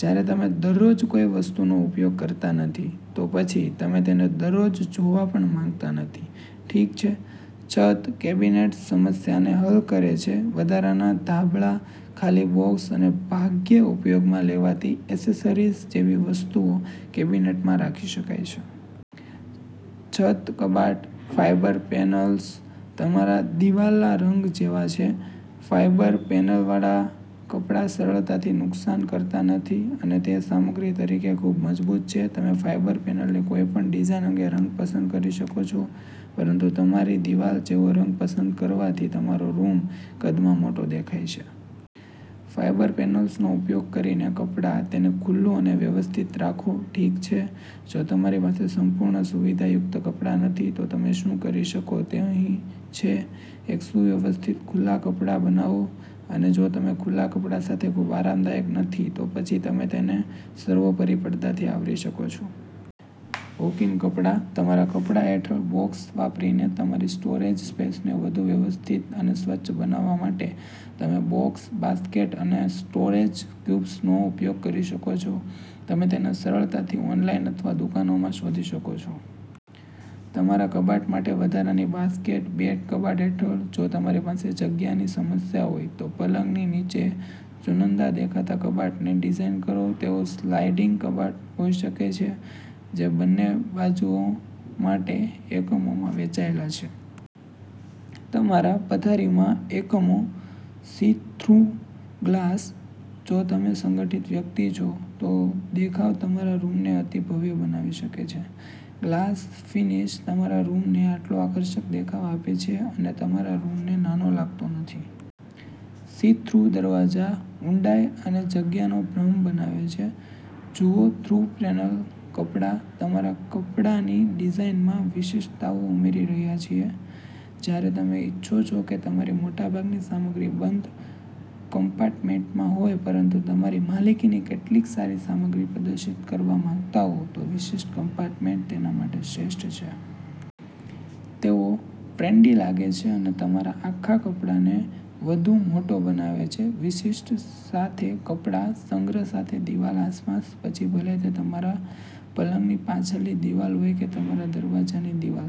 જ્યારે તમે દરરોજ કોઈ વસ્તુનો ઉપયોગ કરતા નથી, તો પછી તમે તેને દરરોજ જોવા પણ માંગતા નથી. ઠીક છે, છત કેબિનેટ્સ સમસ્યાને હલ કરે છે. વધારાના ધાબળા, ખાલી બોક્સ અને ભાગ્યે ઉપયોગમાં લેવાતી એસેસરીઝ જેવી વસ્તુઓ કેબિનેટમાં રાખી શકાય છે. છત કબાટ. ફાઇબર પેનલ્સ તમારા દિવાલના રંગ જેવા છે. ફાઈબર પેનલવાળા કપડા સરળતાથી નુકસાન કરતા નથી, અને તે સામગ્રી તરીકે ખૂબ મજબૂત છે. તમે ફાઇબર પેનલની કોઈપણ ડિઝાઇન અને રંગ પસંદ કરી શકો છો, પરંતુ તમારી દિવાલ જેવો રંગ પસંદ કરવાથી તમારો રૂમ કદમાં મોટો દેખાય છે. ફાઇબર પેનલ્સનો ઉપયોગ કરીને કપડા. તેને ખુલ્લો અને વ્યવસ્થિત રાખો. ઠીક છે, જો તમારી પાસે સંપૂર્ણ સુવિધાયુક્ત કપડા નથી, તો તમે શું કરી શકો તે અહીં છે. એક સુવ્યવસ્થિત ખુલ્લા કપડા બનાવો. અને જો તમે ખુલ્લા કપડા સાથે ખૂબ આરામદાયક નથી, તો પછી તમે તેને સર્વોપરી પડદાથી આવરી શકો છો. વૉક-ઇન કપડા. તમારા કપડા હેઠળ બોક્સ વાપરીને તમારી સ્ટોરેજ સ્પેસને વધુ વ્યવસ્થિત અને સ્વચ્છ બનાવવા માટે, તમે બોક્સ, બાસ્કેટ અને સ્ટોરેજ ક્યુબ્સનો ઉપયોગ કરી શકો છો. તમે તેને સરળતાથી ઑનલાઇન અથવા દુકાનોમાં શોધી શકો છો. તમારા કબાટ માટે વધારાની બાસ્કેટ. બેડ કબાટ હેઠળ. જો તમારી પાસે જગ્યાની સમસ્યા હોય, તો પલંગની નીચે ચુનંદા દેખાતા કબાટને ડિઝાઇન કરો. તેઓ સ્લાઇડિંગ કબાટ હોઈ શકે છે, જે બંને બાજુઓ માટે એકમોમાં વહેંચાયેલા છે. તમારા પથારીમાં એકમો. See through glass. જો તમે સંગઠિત વ્યક્તિ છો, તો દેખાવ તમારા રૂમને અતિ ભવ્ય બનાવી શકે છે. ગ્લાસ ફિનિશ તમારા રૂમને આટલો આકર્ષક દેખાવ આપે છે અને તમારા રૂમને નાનો લાગતો નથી. સી-થ્રુ દરવાજા ઊંડાઈ અને જગ્યાનો ભ્રમ બનાવે છે. જુઓ-થ્રુ પેનલ કપડા. તમારા કપડાની ડિઝાઇનમાં વિશિષ્ટતાઓ ઉમેરી રહ્યા છીએ. જ્યારે તમે ઇચ્છો છો કે તમારી મોટાભાગની સામગ્રી બંધ કમ્પાર્ટમેન્ટમાં હોય પરંતુ તમારી માલિકીની કેટલીક સારી સામગ્રી પ્રદર્શિત કરવા માંગતા હો, તો વિશિષ્ટ કમ્પાર્ટમેન્ટ તેના માટે શ્રેષ્ઠ છે. તેઓ ટ્રેન્ડી લાગે છે અને તમારા આખા કપડાને વધુ મોટો બનાવે છે. વિશિષ્ટ સાથે કપડા. સંગ્રહ સાથે દિવાલ આસપાસ. પછી ભલે તે તમારા પલંગની પાછળની દિવાલ હોય કે તમારા દરવાજાની દિવાલ,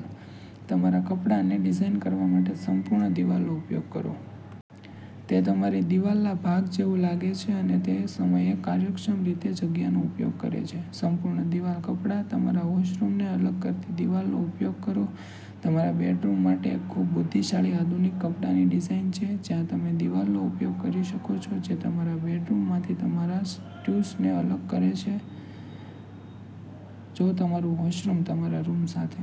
તમારા કપડાને ડિઝાઇન કરવા માટે સંપૂર્ણ દિવાલનો ઉપયોગ કરો. તે તમારી દિવાલના ભાગ જેવું લાગે છે અને તે સમયે કાર્યક્ષમ રીતે જગ્યાનો ઉપયોગ કરે છે. સંપૂર્ણ દિવાલ કપડા. તમારા વૉશરૂમને અલગ કરતી દિવાલનો ઉપયોગ કરો. તમારા બેડરૂમ માટે એક ખૂબ બુદ્ધિશાળી આધુનિક કપડાની ડિઝાઇન છે, જ્યાં તમે દિવાલનો ઉપયોગ કરી શકો છો જે તમારા બેડરૂમમાંથી તમારા સ્યુટને અલગ કરે છે. જો તમારું વૉશરૂમ તમારા રૂમ સાથે